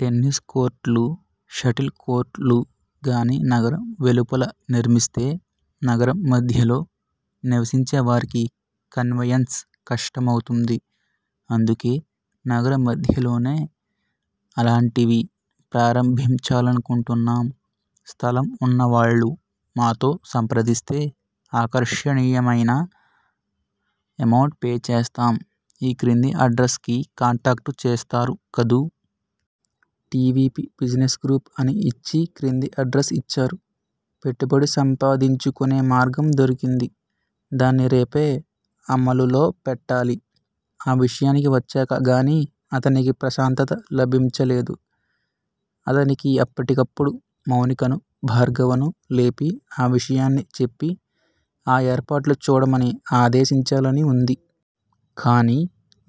Tennis court లు, shuttle court లు గాని నగరం వెలుపల నిర్మిస్తే నగరం మధ్యలో నివసించేవారికి కన్వేయన్స్ కష్టమవుతుంది. అందుకే నగరం మధ్యలోనే అలాంటివి ప్రారంభించాలనుకుంటున్నాం. స్థలం వున్నవాళ్ళు మాతో సంప్రదిస్తే ఆకర్షణీయమైన ఎమౌంట్ పే చేస్తాం. ఈ క్రింది అడ్రస్ కి కాంటాక్టు చేస్తారు కదూ. టివిపి బిజినెస్ గ్రూప్ అని ఇచ్చి క్రింద అడ్రస్ యిచ్చారు. పెట్టుబడి సంపాదించుకునే మార్గం దొరికింది. దాన్ని రేపే అమలులో పెట్టాలి. ఆ నిర్ణయానికి వచ్చాక గానీ అతనికి ప్రశాంతత లభించలేదు. అతనికి అప్పటికప్పుడు మౌనికను, భార్గవను లేపి ఆ విషయాన్ని చెప్పి ఆ ఏర్పాట్లు చూడమని ఆదేశించాలని వుంది. కానీ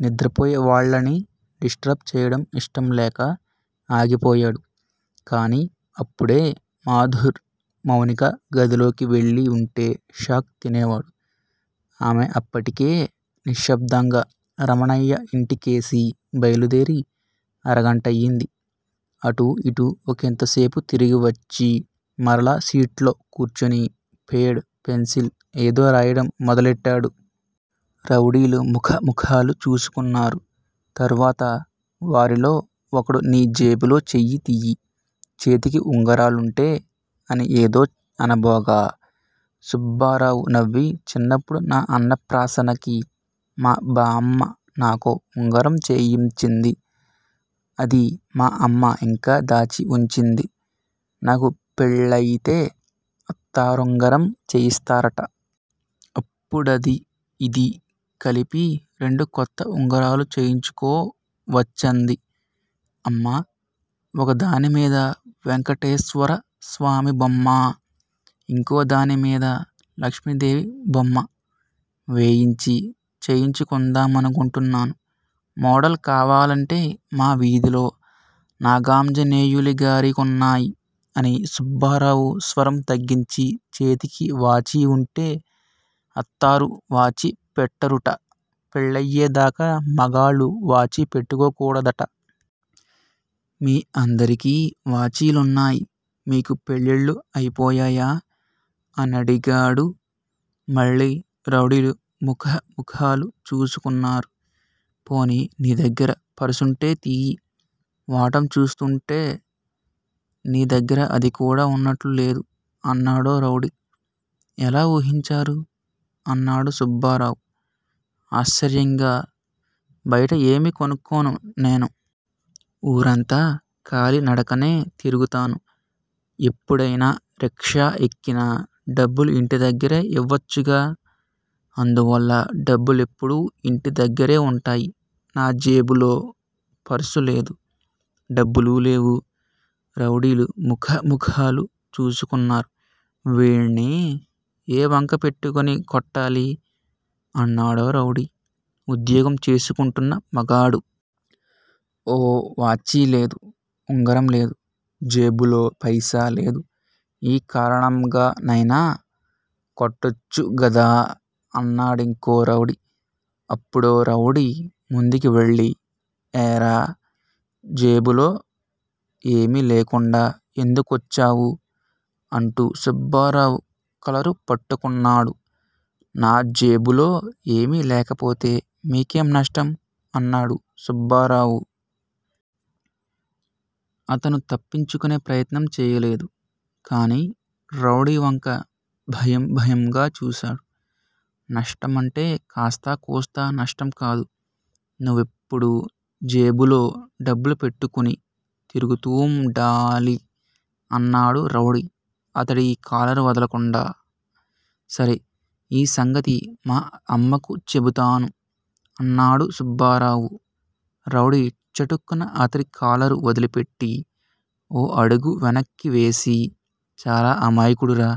నిద్రపోయేవాళ్ళని డిస్ట్రబ్ చేయడం ఇష్టంలేక ఆగిపోయాడు. కానీ అప్పుడే మాధుర్ మౌనిక గదిలోకి వెళ్ళి వుంటే షాక్ తినేవాడు. ఆమె అప్పటికే నిశ్శబ్దంగా రమణయ్య ఇంటికేసి బయలుదేరి అరగంటయింది. అటూ, ఇటూ ఒకింతసేపు తిరిగి వచ్చి మరలా సీట్లో కూర్చుని పేడ్, పెన్సిల్ ఏదో రాయడం మొదలెట్టాడు. రౌడీలు ముఖముఖాలు చూచుకున్నారు. తర్వాత వారిలో ఒకడు నీ జేబులో చెయ్యి తియ్యి. చేతికి ఉంగరాలుంటే అని ఏదో అనబోగా. సుబ్బారావు నవ్వి, చిన్నప్పుడు నా అన్నప్రాసనకి మా బామ్మ నాకో ఉంగరం చేయించింది. అది మా అమ్మ ఇంకా దాచి ఉంచింది. నాకు పెళ్ళయితే అత్తారుంగరం చేయిస్తారట. అప్పుడదీ యిదీ కలిపి రెండు కొత్త ఉంగరాలు చేయించుకో వచ్చంది. అమ్మ ఒకదాని మీద వెంకటేశ్వర స్వామి బొమ్మా, ఇంకోదాని మీద లక్ష్మీదేవి బొమ్మ వేయించి చేయించుకుందా మనుకుంటున్నాను. మోడల్ కావాలంటే మా వీధిలో నాగాంజనేయులిగారికున్నాయి అని సుబ్బారావు స్వరం తగ్గించి చేతికి వాచీ ఉంటే అత్తారు వాచీ పెట్టరుట పెళ్లయ్యే దాకా మగాళ్ళు వాచీ పెట్టుకోకూడదట. మీ అందరికీ వాచీలున్నాయి. మీకు పెళ్ళిళ్ళు అయిపోయాయా? అనడిగాడు. మళ్ళీ రౌడీలు ముఖముఖాలు చూసుకున్నారు- పోనీ నీ దగ్గర పర్సుంటే తీయి. వాటం చూస్తుంటే నీ దగ్గర అది కూడా ఉన్నట్లు లేదు అన్నాడో రౌడీ. ఎలా ఊహించారు? అన్నాడు సుబ్బారావు. ఆశ్చర్యంగా- బయట ఏమీ కొనుక్కోను నేను. ఊరంతా కాలి నడకనే తిరుగుతాను. ఎప్పుడైనా రిక్షా ఎక్కినా డబ్బులు ఇంటి దగ్గరే ఇవ్వచ్చుగా. అందువల్ల డబ్బులెప్పుడూ ఇంటి దగ్గరే ఉంటాయి. నా జేబులో పర్సూ లేదు. డబ్బులూ లేవు. రౌడీలు ముఖముఖాలు చూసుకున్నారు, వీణ్ణి ఏ వంక పెట్టుకుని కొట్టాలి! అన్నాడో రౌడీ. ఉద్యోగం చేసుకుంటున్న మగాడు. ఓ వాచీలేదు. ఉంగరం లేదు. జేబులో పైసా లేదు. ఈ కారణంగానైనా కొట్టొచ్చుగదా అన్నాడింకో రౌడీ. అప్పుడో రౌడీ ముందుకి వెళ్ళి ఏరా, జేబులో ఏమీ లేకుండా ఎందుకొచ్చావు? అంటూ సుబ్బారావు కలరు పట్టుకున్నాడు. నా జేబులో ఏమీ లేకపోతే మీకేం నష్టం? అన్నాడు సుబ్బారావు. అతను తప్పించుకునే ప్రయత్నం చేయలేదు. కానీ రౌడీ వంక భయం భయంగా చూశాడు. నష్టమంటే కాస్తా కూస్తా నష్టంకాదు. నువ్వెప్పుడూ జేబులో డబ్బులు పెట్టుకుని తిరుగుతూండాలి అన్నాడు రౌడీ అతడి కాలరు వదలకుండా. సరే, ఈ సంగతి మా అమ్మకు చెబుతాను అన్నాడు సుబ్బారావు. రౌడీ చటుక్కున అతడి కాలరు వదిలిపెట్టి ఓ అడుగు వెనక్కువేసి చాలా అమాయకుడురా,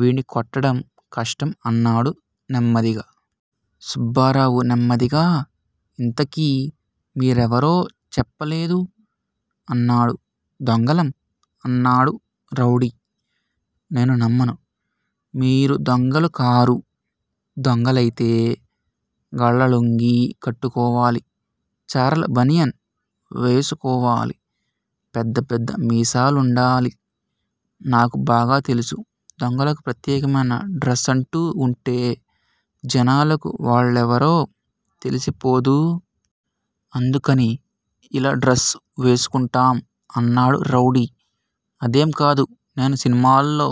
వీణ్ణి కొట్టడం కష్టం అన్నాడు నెమ్మదిగా. సుబ్బారావు నెమ్మదిగా ఇంతకీ మీ రెవరో చెప్పలేదు అన్నాడు. దొంగలం! అన్నాడు రౌడీ. నేను నమ్మను మీరు దొంగలు కారు. దొంగలైతే గళ్ళలుంగీ కట్టుకోవాలి. చారల బనియన్ వేసుకోవాలి. పెద్ద పెద్ద మీసాలుండాలి. నాకు బాగా తెలుసు. దొంగలకు ప్రత్యేకమైన డ్రస్సంటూ ఉంటే జనాలకు వాళ్ళెవరో తెలిసిపోదూ? అందుకని ఇలా డ్రస్సు వేసుకుంటాం అన్నాడు రౌడీ. అదేం కాదు. నేను సినిమాల్లో